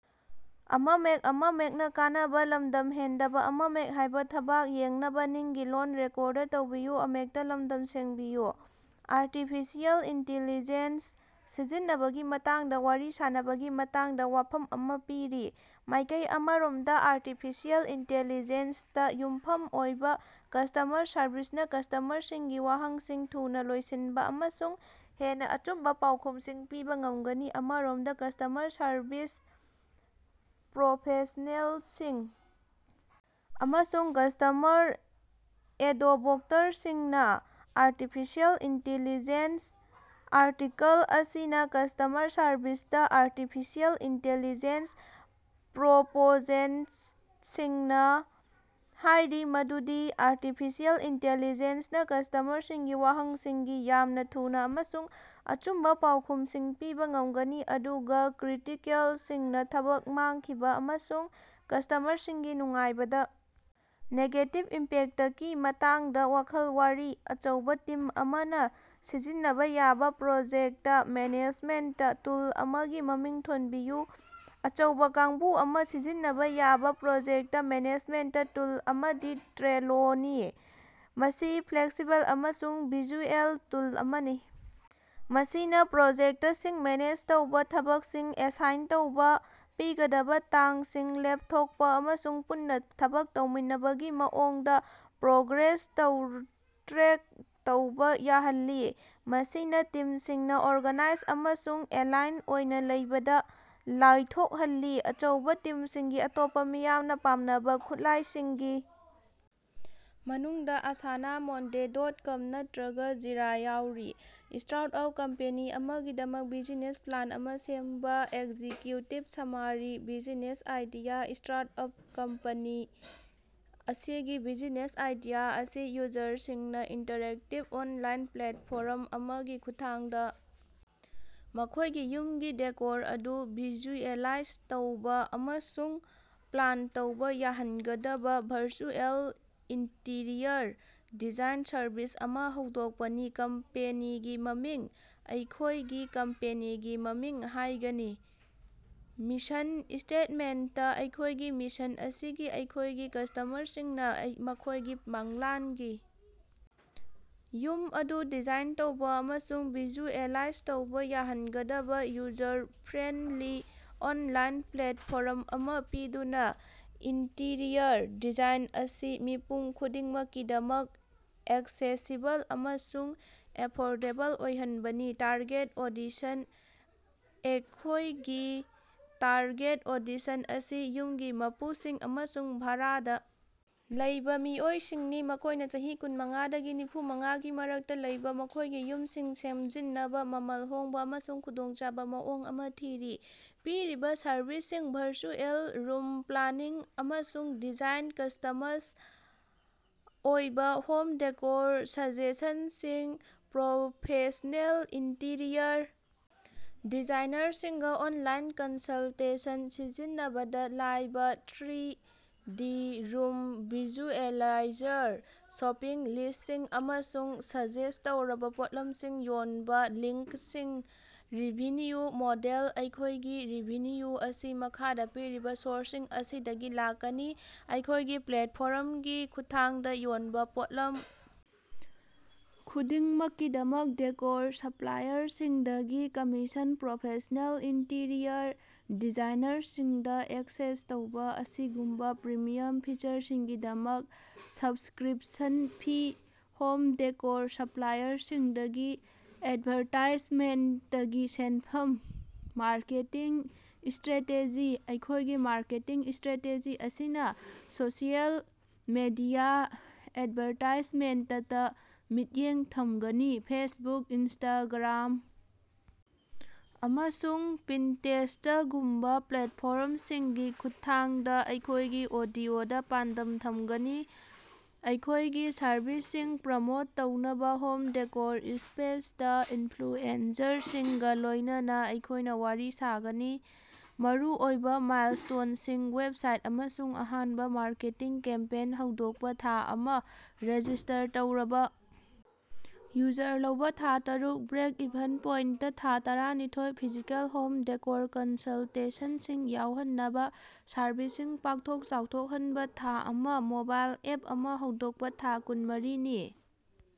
Artificial intelligence ꯁꯤꯖꯤꯟꯅꯕꯒꯤ ꯃꯇꯥꯡꯗ ꯋꯥꯔꯤ ꯁꯥꯅꯕꯒꯤ ꯃꯇꯥꯡꯗ ꯋꯥꯐꯝ ꯑꯃ ꯄꯤꯔꯤ꯫ ꯃꯥꯏꯀꯩ ꯑꯃꯔꯣꯝꯗ, ꯑꯥꯔꯇꯤꯐꯤꯁꯤꯑꯦꯜ ꯏꯟꯇꯤꯂꯤꯖꯦꯟꯁ ꯇꯥ ꯌꯨꯝꯐꯝ ꯑꯣꯏꯕ ꯀꯁ꯭ꯇꯃꯔ ꯁꯔꯕꯤꯁꯅꯥ ꯀꯁ꯭ꯇꯃꯔꯁꯤꯡꯒꯤ ꯋꯥꯍꯪꯁꯤꯡ ꯊꯨꯅ ꯂꯣꯏꯁꯤꯟꯕ ꯑꯃꯁꯨꯡ ꯍꯦꯟꯅ ꯑꯆꯨꯝꯕ ꯄꯥꯎꯈꯨꯝꯁꯤꯡ ꯄꯤꯕ ꯉꯝꯒꯅꯤ꯫ ꯑꯃꯔꯣꯝꯗ, ꯀꯁ꯭ꯇꯃꯔ ꯁꯔꯕꯤꯁ ꯄ꯭ꯔꯣꯐꯦꯁ꯭ꯅꯦꯜꯁꯤꯡ ꯑꯃꯁꯨꯡ ꯀꯁ꯭ꯇꯃꯔ ꯑꯦꯗꯣꯕꯣꯛꯇꯔꯁꯤꯡꯅ ꯑꯥꯔꯇꯤꯐꯤꯁꯤꯑꯦꯜ ꯏꯟꯇꯤꯂꯤꯖꯦꯟꯁ ꯑꯥꯔꯇꯤꯀꯜ ꯑꯁꯤꯅ ꯀꯁ꯭ꯇꯃꯔ ꯁꯔꯕꯤꯁꯇ ꯑꯥꯔꯇꯤꯐꯤꯁꯤꯑꯦꯜ ꯏꯟꯇꯤꯂꯤꯖꯦꯟꯁ ꯄ꯭ꯔꯣꯄꯣꯖꯦꯟꯇꯁꯤꯡꯅ ꯍꯥꯏꯔꯤ ꯃꯗꯨꯗꯤ ꯑꯥꯔꯇꯤꯐꯤꯁꯤꯑꯦꯜ ꯏꯟꯇꯤꯂꯤꯖꯦꯟꯁ ꯅꯥ ꯀꯁ꯭ꯇꯃꯔꯁꯤꯡꯒꯤ ꯋꯥꯍꯪꯁꯤꯡꯒꯤ ꯌꯥꯝꯅ ꯊꯨꯅ ꯑꯃꯁꯨꯡ ꯑꯆꯨꯝꯕ ꯄꯥꯎꯈꯨꯝꯁꯤꯡ ꯄꯤꯕ ꯉꯝꯒꯅꯤ, ꯑꯗꯨꯒ ꯀ꯭ꯔꯤꯇꯤꯀꯦꯜꯁꯤꯡꯅ ꯊꯕꯛ ꯃꯥꯡꯈꯤꯕ ꯑꯃꯁꯨꯡ ꯀꯁ꯭ꯇꯃꯔꯁꯤꯡꯒꯤ ꯅꯨꯡꯉꯥꯏꯕꯗ ꯅꯦꯒꯦꯇꯤꯕ ꯏꯝꯄꯦꯛꯇꯀꯤ ꯃꯇꯥꯡꯗ ꯋꯥꯈꯜ ꯋꯥꯔꯤ꯫ ꯑꯆꯧꯕ ꯇꯤꯝ ꯑꯃꯅ ꯁꯤꯖꯤꯟꯅꯕ ꯌꯥꯕ ꯄ꯭ꯔꯣꯖꯦꯛꯇ ꯃꯦꯅꯦꯖꯃꯦꯟꯇ ꯇꯨꯜ ꯑꯃꯒꯤ ꯃꯃꯤꯡ ꯊꯣꯟꯕꯤꯌꯨ꯫ ꯑꯆꯧꯕ ꯀꯥꯡꯕꯨ ꯑꯃꯅ ꯁꯤꯖꯤꯟꯅꯕ ꯌꯥꯕ ꯄ꯭ꯔꯣꯖꯦꯛꯇ ꯃꯦꯅꯦꯖꯃꯦꯟꯇ ꯇꯨꯜ ꯑꯃꯗꯤ ꯇ꯭ꯔꯦꯂꯣ ꯅꯤ꯫ ꯃꯁꯤ ꯐ꯭ꯂꯦꯛꯁꯤꯕꯜ ꯑꯃꯁꯨꯡ ꯚꯤꯖꯨꯑꯦꯜ ꯇꯨꯜ ꯑꯃꯅꯤ ꯃꯁꯤꯅ ꯄ꯭ꯔꯣꯖꯦꯛꯇꯁꯤꯡ ꯃꯦꯅꯦꯖ ꯇꯧꯕ, ꯊꯕꯛꯁꯤꯡ ꯑꯦꯁꯥꯏꯟ ꯇꯧꯕ, ꯄꯤꯒꯗꯕ ꯇꯥꯡꯁꯤꯡ ꯂꯦꯞꯊꯣꯛꯄ ꯑꯃꯁꯨꯡ ꯄꯨꯟꯅ ꯊꯕꯛ ꯇꯧꯃꯤꯟꯅꯕꯒꯤ ꯃꯑꯣꯡꯗ ꯄ꯭ꯔꯣꯒ꯭ꯔꯦꯁ ꯇ꯭ꯔꯦꯛ ꯇꯧꯕ ꯌꯥꯍꯜꯂꯤ, ꯃꯁꯤꯅ ꯇꯤꯝꯁꯤꯡꯅ ꯑꯣꯔꯒꯥꯅꯥꯏꯖ ꯑꯃꯁꯨꯡ ꯑꯦꯂꯥꯏꯟ ꯑꯣꯏꯅ ꯂꯩꯕꯗ ꯂꯥꯏꯊꯣꯛꯍꯜꯂꯤ꯫ ꯑꯆꯧꯕ ꯇꯤꯝꯁꯤꯡꯒꯤ ꯑꯇꯣꯞꯄ ꯃꯤꯌꯥꯝꯅ ꯄꯥꯝꯅꯕ ꯈꯨꯠꯂꯥꯏꯁꯤꯡꯒꯤ ꯃꯅꯨꯡꯗ ꯑꯥꯁꯥꯅꯥ, ꯃꯣꯟꯗꯦ ꯗꯣꯠ ꯀꯝ ꯅꯠꯇꯔꯒ ꯖꯤꯔꯥ ꯌꯥꯎꯔꯤ꯫ ꯁ꯭ꯇꯥꯔꯠ-ꯑꯞ ꯀꯝꯄꯦꯅꯤ ꯑꯃꯒꯤꯗꯃꯛ ꯕꯤꯖꯤꯅꯦꯁ ꯄ꯭ꯂꯥꯟ ꯑꯃ ꯁꯦꯝꯕ꯫ Executive summary - business idea - startup company ꯑꯁꯤꯒꯤ ꯕꯤꯖꯤꯅꯦꯁ ꯑꯥꯏꯗꯤꯌꯥ ꯑꯁꯤ ꯌꯨꯖꯔꯁꯤꯡꯅ ꯏꯟꯇꯔꯦꯛꯇꯤꯕ ꯑꯣꯟꯂꯥꯏꯟ ꯄ꯭ꯂꯦꯠꯐꯣꯔꯝ ꯑꯃꯒꯤ ꯈꯨꯠꯊꯥꯡꯗ ꯃꯈꯣꯏꯒꯤ ꯌꯨꯝꯒꯤ ꯗꯦꯀꯣꯔ ꯑꯗꯨ ꯚꯤꯖꯨꯑꯦꯂꯥꯏꯖ ꯇꯧꯕ ꯑꯃꯁꯨꯡ ꯄ꯭ꯂꯥꯟ ꯇꯧꯕ ꯌꯥꯍꯟꯒꯗꯕ ꯚꯔꯆꯨꯑꯦꯜ ꯏꯟꯇꯤꯔꯤꯌꯔ ꯗꯤꯖꯥꯏꯟ ꯁꯔꯚꯤꯁ ꯑꯃ ꯍꯧꯗꯣꯛꯄꯅꯤ꯫ ꯀꯝꯄꯦꯅꯤꯒꯤ ꯃꯃꯤꯡ - ꯑꯩꯈꯣꯏꯒꯤ ꯀꯝꯄꯦꯅꯤꯒꯤ ꯃꯃꯤꯡ ꯍꯥꯏꯒꯅꯤ꯫ ꯃꯤꯁꯟ ꯁ꯭ꯇꯦꯠꯃꯦꯟꯇ - ꯑꯩꯈꯣꯏꯒꯤ ꯃꯤꯁꯟ ꯑꯁꯤ ꯑꯩꯈꯣꯏꯒꯤ ꯀꯁ꯭ꯇꯃꯔꯁꯤꯡꯅ ꯃꯈꯣꯏꯒꯤ ꯃꯪꯂꯥꯟꯒꯤ ꯌꯨꯝ ꯑꯗꯨ ꯗꯤꯖꯥꯏꯟ ꯇꯧꯕ ꯑꯃꯁꯨꯡ ꯚꯤꯖꯨꯑꯦꯂꯥꯏꯖ ꯇꯧꯕ ꯌꯥꯍꯟꯒꯗꯕ ꯌꯨꯖꯔ-ꯐ꯭ꯔꯦꯟꯗꯂꯤ ꯑꯣꯟꯂꯥꯏꯟ ꯄ꯭ꯂꯦꯠꯐꯣꯔꯝ ꯑꯃ ꯄꯤꯗꯨꯅ, ꯏꯟꯇꯤꯔꯤꯌꯔ ꯗꯤꯖꯥꯏꯟ ꯑꯁꯤ ꯃꯤꯄꯨꯝ ꯈꯨꯗꯤꯡꯃꯛꯀꯤꯗꯃꯛ ꯑꯦꯛꯁꯦꯁꯤꯕꯜ ꯑꯃꯁꯨꯡ ꯑꯦꯐꯣꯔꯗꯦꯕꯜ ꯑꯣꯏꯍꯟꯕꯅꯤ꯫ ꯇꯥꯔꯒꯦꯠ ꯑꯣꯗꯤꯁꯟ - ꯑꯩꯈꯦꯏꯒꯤ ꯇꯥꯔꯒꯦꯠ ꯑꯣꯗꯤꯁꯟ ꯑꯁꯤ ꯌꯨꯝꯒꯤ ꯃꯄꯨꯁꯤꯡ ꯑꯃꯁꯨꯡ ꯚꯥꯔꯥꯗ ꯂꯩꯕ ꯃꯤꯑꯣꯏꯁꯤꯡꯅꯤ, ꯃꯈꯣꯏꯅ ꯆꯍꯤ ꯀꯨꯟꯃꯉꯥꯥꯗꯒꯤ ꯅꯤꯐꯨꯃꯉꯥꯒꯤ ꯃꯔꯛꯇ ꯂꯩꯕ, ꯃꯈꯣꯏꯒꯤ ꯌꯨꯝꯁꯤꯡ ꯁꯦꯝꯖꯤꯟꯅꯕꯥ ꯃꯃꯜ ꯍꯣꯡꯕ ꯑꯃꯁꯨꯡ ꯈꯨꯗꯣꯡꯆꯥꯕ ꯃꯑꯣꯡ ꯑꯃ ꯊꯤꯔꯤ꯫ ꯄꯤꯔꯤꯕ ꯁꯔꯚꯤꯁꯁꯤꯡ - ꯚꯔꯆꯨꯑꯦꯜ ꯔꯨꯝ ꯄ꯭ꯂꯥꯅꯤꯡ ꯑꯃꯁꯨꯡ ꯗꯤꯖꯥꯏꯟ ꯀꯁ꯭ꯇꯃꯁ ꯑꯣꯏꯕ ꯍꯣꯝ ꯗꯦꯀꯣꯔ ꯁꯥꯖꯦꯁꯟꯁꯤꯡ ꯄ꯭ꯔꯣꯐꯦꯁ꯭ꯅꯦꯜ ꯏꯟꯇꯤꯔꯤꯌꯔ ꯗꯤꯖꯥꯏꯅꯔꯁꯤꯡꯒ ꯑꯣꯟꯂꯥꯏꯟ ꯀꯟꯁꯜꯇꯦꯁꯟ ꯁꯤꯖꯤꯟꯅꯕꯗꯥ live three D room visualiser shopping ꯂꯤꯁ꯭ꯠꯁꯤꯡ ꯑꯃꯁꯨꯡ ꯁꯖꯦꯁ꯭ꯠ ꯇꯧꯔꯕ ꯄꯣꯠꯂꯝꯁꯤꯡ ꯌꯣꯟꯕ ꯂꯤꯡ꯭ꯀꯁꯤꯡ ꯔꯦꯚꯤꯅ꯭ꯌꯨ ꯃꯣꯗꯦꯜ - ꯑꯩꯈꯣꯏꯒꯤ ꯔꯦꯚꯤꯅ꯭ꯌꯨ ꯑꯁꯤ ꯃꯈꯥꯗ ꯄꯤꯔꯤꯕ ꯁꯣꯔꯁꯁꯤꯡ ꯑꯁꯤꯗꯒꯤ ꯂꯥꯛꯀꯅꯤ꯫ ꯑꯩꯈꯣꯏꯒꯤ ꯄ꯭ꯂꯦꯠꯐꯣꯔꯝꯒꯤ ꯈꯨꯠꯊꯥꯡꯗ ꯌꯣꯟꯕ ꯄꯣꯠꯂꯝ ꯈꯨꯗꯤꯡꯃꯛꯀꯤꯗꯃꯛ ꯗꯦꯀꯣꯔ ꯁꯄ꯭ꯂꯥꯏꯌꯔꯁꯤꯡꯗꯒꯤ ꯀꯝꯃꯤꯁꯟ, ꯄ꯭ꯔꯣꯐꯦꯁ꯭ꯅꯦꯜ ꯏꯟꯇꯤꯔꯤꯌꯔ ꯗꯤꯖꯥꯏꯅꯔꯁꯤꯡꯗ ꯑꯦꯛꯁꯦꯁ ꯇꯧꯕ ꯑꯁꯤꯒꯨꯝꯕ ꯄ꯭ꯔꯤꯃꯤꯌꯝ ꯐꯤꯆꯔꯁꯤꯡꯒꯤꯗꯃꯛ ꯁꯕꯁꯀ꯭ꯔꯤꯞꯁꯟ ꯐꯤ, ꯍꯣꯝ ꯗꯦꯀꯣꯔ ꯁꯄ꯭ꯂꯥꯏꯌꯔꯁꯤꯡꯗꯒꯤ ꯑꯦꯗꯚꯥꯔꯇꯥꯏꯖꯃꯦꯟꯇꯀꯤ ꯁꯦꯟꯐꯝ꯫ ꯃꯥꯔꯀꯦꯇꯤꯡ ꯁ꯭ꯇꯔꯦꯇꯦꯖꯤ - ꯑꯩꯈꯣꯏꯒꯤ ꯃꯥꯔꯀꯦꯇꯤꯡ ꯁ꯭ꯇꯔꯦꯇꯦꯖꯤ ꯑꯁꯤꯅ ꯁꯣꯁꯤꯑꯦꯜ ꯃꯤꯗꯤꯌꯥ ꯑꯦꯗꯚꯥꯔꯇꯥꯏꯖꯃꯦꯟꯇꯇꯥ ꯃꯤꯠꯌꯦꯡ ꯊꯝꯒꯅꯤ, ꯐꯦꯁꯕꯨꯛ, ꯏꯟꯁꯇꯥꯒ꯭ꯔꯥꯝ, ꯑꯃꯁꯨꯡ ꯄꯤꯟꯇꯦꯁ꯭ꯇꯒꯨꯝꯕ ꯄ꯭ꯂꯦꯠꯐꯣꯔ꯭ꯝꯁꯤꯡꯒꯤ ꯈꯨꯠꯊꯥꯡꯗ ꯑꯩꯈꯣꯏꯒꯤ ꯑꯣꯗꯤꯑꯣꯗ ꯄꯥꯟꯗꯝ ꯊꯝꯒꯅꯤ꯫ ꯑꯩꯈꯣꯏꯒꯤ ꯁꯔꯕꯤꯁꯁꯤꯡ ꯄ꯭ꯔꯃꯣꯠ ꯇꯧꯅꯕ ꯍꯣꯝ ꯗꯦꯀꯣꯔ ꯁ꯭ꯄꯦꯁꯇꯥ ꯏꯟꯐ꯭ꯂꯨꯑꯦꯟꯖꯔꯁꯤꯡꯒ ꯂꯣꯏꯅꯅ ꯑꯩꯈꯣꯏꯅ ꯋꯥꯔꯤ ꯁꯥꯅꯒꯅꯤ꯫ ꯃꯔꯨꯑꯣꯏꯕ ꯃꯥꯏꯜꯁ꯭ꯇꯣꯟꯁꯤꯡ: ꯋꯦꯕꯁꯥꯏꯠ ꯑꯃꯁꯨꯡ ꯑꯍꯥꯟꯕ ꯃꯥꯔꯀꯦꯇꯤꯡ ꯀꯦꯝꯄꯦꯟ ꯍꯧꯗꯣꯛꯄ ꯊꯥ ꯑꯃ, ꯔꯦꯖꯤꯁ꯭ꯇꯔ ꯇꯧꯔꯕꯥ ꯌꯨꯖꯔ ꯂꯧꯕ ꯊꯥ ꯇꯔꯨꯛ, ꯕ꯭ꯔꯦꯛ-ꯏꯚꯟ ꯄꯣꯏꯟꯇ ꯊꯥ ꯇꯔꯥꯅꯤꯊꯣꯏ, ꯐꯤꯖꯤꯀꯦꯜ ꯍꯣꯝ ꯗꯦꯀꯣꯔ ꯀꯟꯁꯜꯇꯦꯁꯟꯁꯤꯡ ꯌꯥꯎꯍꯟꯅꯕ ꯁꯔꯚꯤꯁꯁꯤꯡ ꯄꯥꯛꯊꯣꯛ-ꯆꯥꯎꯊꯣꯛꯍꯟꯕ ꯊꯥ ꯑꯃ, ꯃꯣꯕꯥꯏꯜ ꯑꯦꯞ ꯑꯃ ꯍꯧꯗꯣꯛꯄ ꯊꯥ ꯀꯨꯟꯃꯔꯤ ꯅꯤ꯫